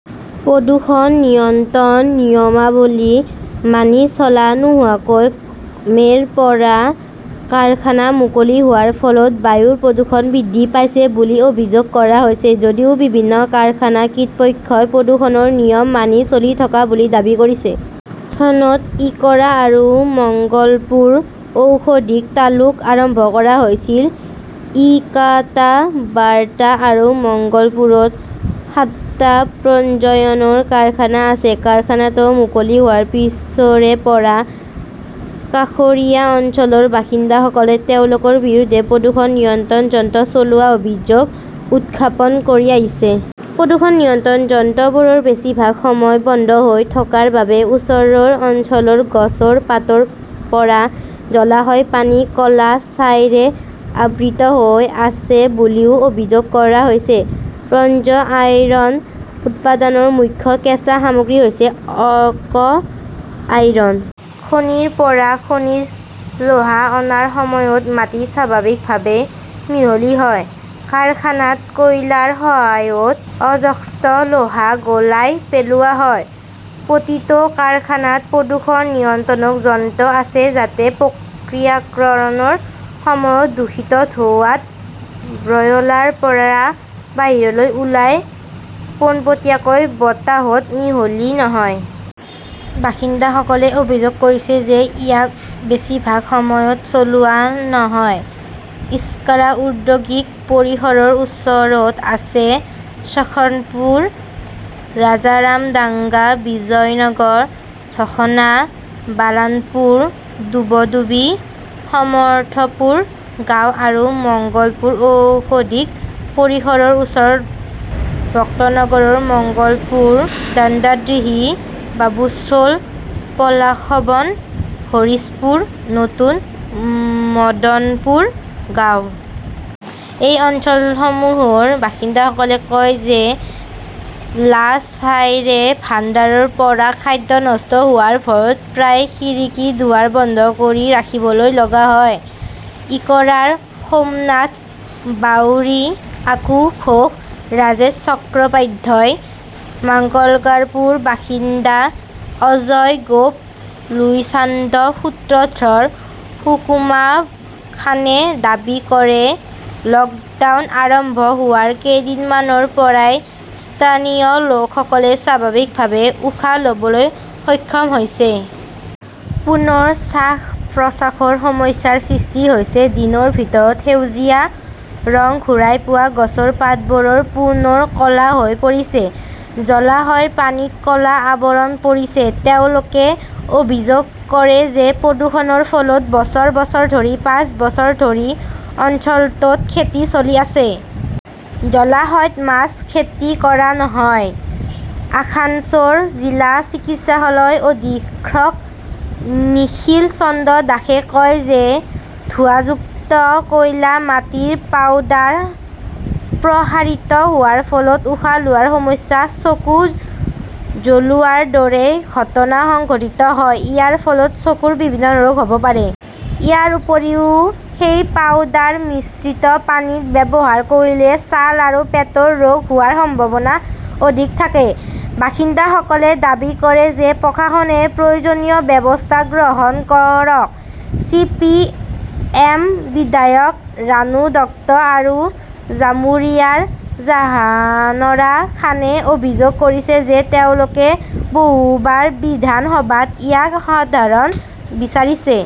প্ৰদূষণ নিয়ন্ত্ৰণ নিয়মাৱলী মানি চলা নোহোৱাকৈ মে 'ৰ পৰা কাৰখানা মুকলি হোৱাৰ ফলত বায়ুৰ প্ৰদূষণ বৃদ্ধি পাইছে বুলি অভিযোগ কৰা হৈছে। যদিও বিভিন্ন কাৰখানা কৰ্তৃপক্ষই প্ৰদূষণৰ নিয়ম মানি চলি থকা বুলি দাবী কৰিছে। চনত ইকৰা আৰু মঙ্গলপুৰ ঔদ্যোগিক তালুক আৰম্ভ কৰা হৈছিল। ইকাতাত বাৰটা আৰু মঙ্গলপুৰত সাতটা স্পঞ্জইৰন কাৰখানা আছে। কাৰখানাটো মুকলি হোৱাৰ পিছৰে পৰা কাষৰীয়া অঞ্চলৰ বাসিন্দাসকলে তেওঁলোকৰ বিৰুদ্ধে প্ৰদূষণ নিয়ন্ত্ৰক যন্ত্ৰ চলোৱাৰ অভিযোগ উত্থাপন কৰি আহিছে। প্ৰদূষণ নিয়ন্ত্ৰক যন্ত্ৰবোৰ বেছিভাগ সময় বন্ধ হৈ থকাৰ বাবে ওচৰৰ অঞ্চলৰ গছৰ পাতৰ পৰা জলাশয়ৰ পানী ক 'লা ছাইৰে আবৃত হৈ আছে বুলিও অভিযোগ কৰা হৈছে। স্পঞ্জ আইৰণ উৎপাদনৰ মুখ্য কেঁচা সামগ্ৰী হৈছে অৰ্ক আইৰণ। খনিৰ পৰা খনিজ লোহা অনাৰ সময়ত মাটি স্বাভাৱিকভাৱেই মিহলি হয়। কাৰখানাত কয়লাৰ সহায়ত অযস্ক লোহা গলাই পেলোৱা হয়। প্ৰতিটো কাৰখানাত প্ৰদূষণ নিয়ন্ত্ৰক যন্ত্ৰ আছে যাতে প্ৰক্ৰিয়াকৰণৰ সময়ত দূষিত ধোঁৱাটো বয়লাৰৰ পৰা বাহিৰলৈ ওলাই পোনপটীয়াকৈ বতাহত মিহলি নহয়। বাসিন্দাসকলে অভিযোগ কৰিছে যে ইয়াক বেছিভাগ সময়ত চলোৱা নহয়। ইক্কাৰা ঔদ্যোগিক পৰিসৰৰ ওচৰত আছে শ্বেখপুৰ, ৰাজাৰামডাংগা, বিজয়নগৰ, ধসনা, বালানপুৰ, হুবডুবি, সৰ্থকপুৰ গাঁও আৰু মঙ্গলপুৰ ঔদ্যোগিক পৰিসৰৰ ওচৰৰ বক্তৰনগৰ, মঙ্গলপুৰ, থান্ডাডিহি, বাবুশ্বোল, পলাশবন, হৰিশপুৰ, নতুন মদনপুৰ গাঁও। এই অঞ্চলসমূহৰ বাসিন্দাসকলে কয় যে ক 'লা ছাইৰে ভাণ্ডাৰৰ পৰা খাদ্য নষ্ট হোৱাৰ ভয়ত প্ৰায়ে খিৰিকী, দুৱাৰ বন্ধ কৰি ৰাখিব লগা হয়। ইকৰাৰ সোমনাথ বাউৰী, আকু ঘোষ, ৰাজেশ চট্টোপাধ্যায়, মাংগালপুৰৰ বাসিন্দা অজয় গোপ, লুইচান্দ সূত্ৰধৰ, সুকুমাৰ খানে দাবী কৰে, লকডাউন আৰম্ভ হোৱাৰ কেইদিনমানৰ পৰাই স্থানীয় লোকসকলে স্বাভাৱিকভাৱে উশাহ লবলৈ সক্ষম হৈছে। পুনৰ শ্বাস-প্ৰশ্বাসৰ সমস্যাৰ সৃষ্টি হৈছে। দিনৰ ভিতৰত সেউজীয়া ৰং ঘূৰাই পোৱা গছৰ পাতবোৰ পুনৰ ক 'লা হৈ পৰিছে। জলাশয়ৰ পানীত ক 'লা আৱৰণ পৰিছে। তেওঁলোকে অভিযোগ কৰে যে প্ৰদূষণৰ ফলত বছৰ বছৰ ধৰি পাঁচ বছৰ ধৰি অঞ্চলটোত খেতি চলি আছে। জলাশয়ত মাছ খেতি কৰা নহয়। আসানছোল জিলা চিকিৎসালয়ৰ অধীক্ষক নিখিল চন্দ্ৰ দাসে কয় যে ধোঁৱাযুক্ত কয়লা, মাটিৰ পাউডাৰ প্ৰসাৰিত হোৱাৰ ফলত উশাহ লোৱাৰ সমস্যা, চকু জ্বলোৱাৰ দৰে ঘটনা সংঘটিত হয়। ইয়াৰ ফলত চকুৰ বিভিন্ন ৰোগ হব পাৰে। ইয়াৰ উপৰিও, সেই পাউডাৰ মিশ্ৰিত পানী ব্যৱহাৰ কৰিলে ছাল আৰু পেটৰ ৰোগ হোৱাৰ সম্ভাৱনা অধিক থাকে। বাসিন্দাসকলে দাবী কৰে যে প্ৰশাসনে প্ৰয়োজনীয় ব্যৱস্থা গ্ৰহণ কৰক। চি. পি. এম. -ৰ বিধায়ক ৰানু দত্ত আৰু জামুৰিয়াৰ জাহানৰা খানে অভিযোগ কৰিছে যে তেওঁলোকে বহুবাৰ বিধান সভাত ইয়াৰ সমাধান বিচাৰিছে।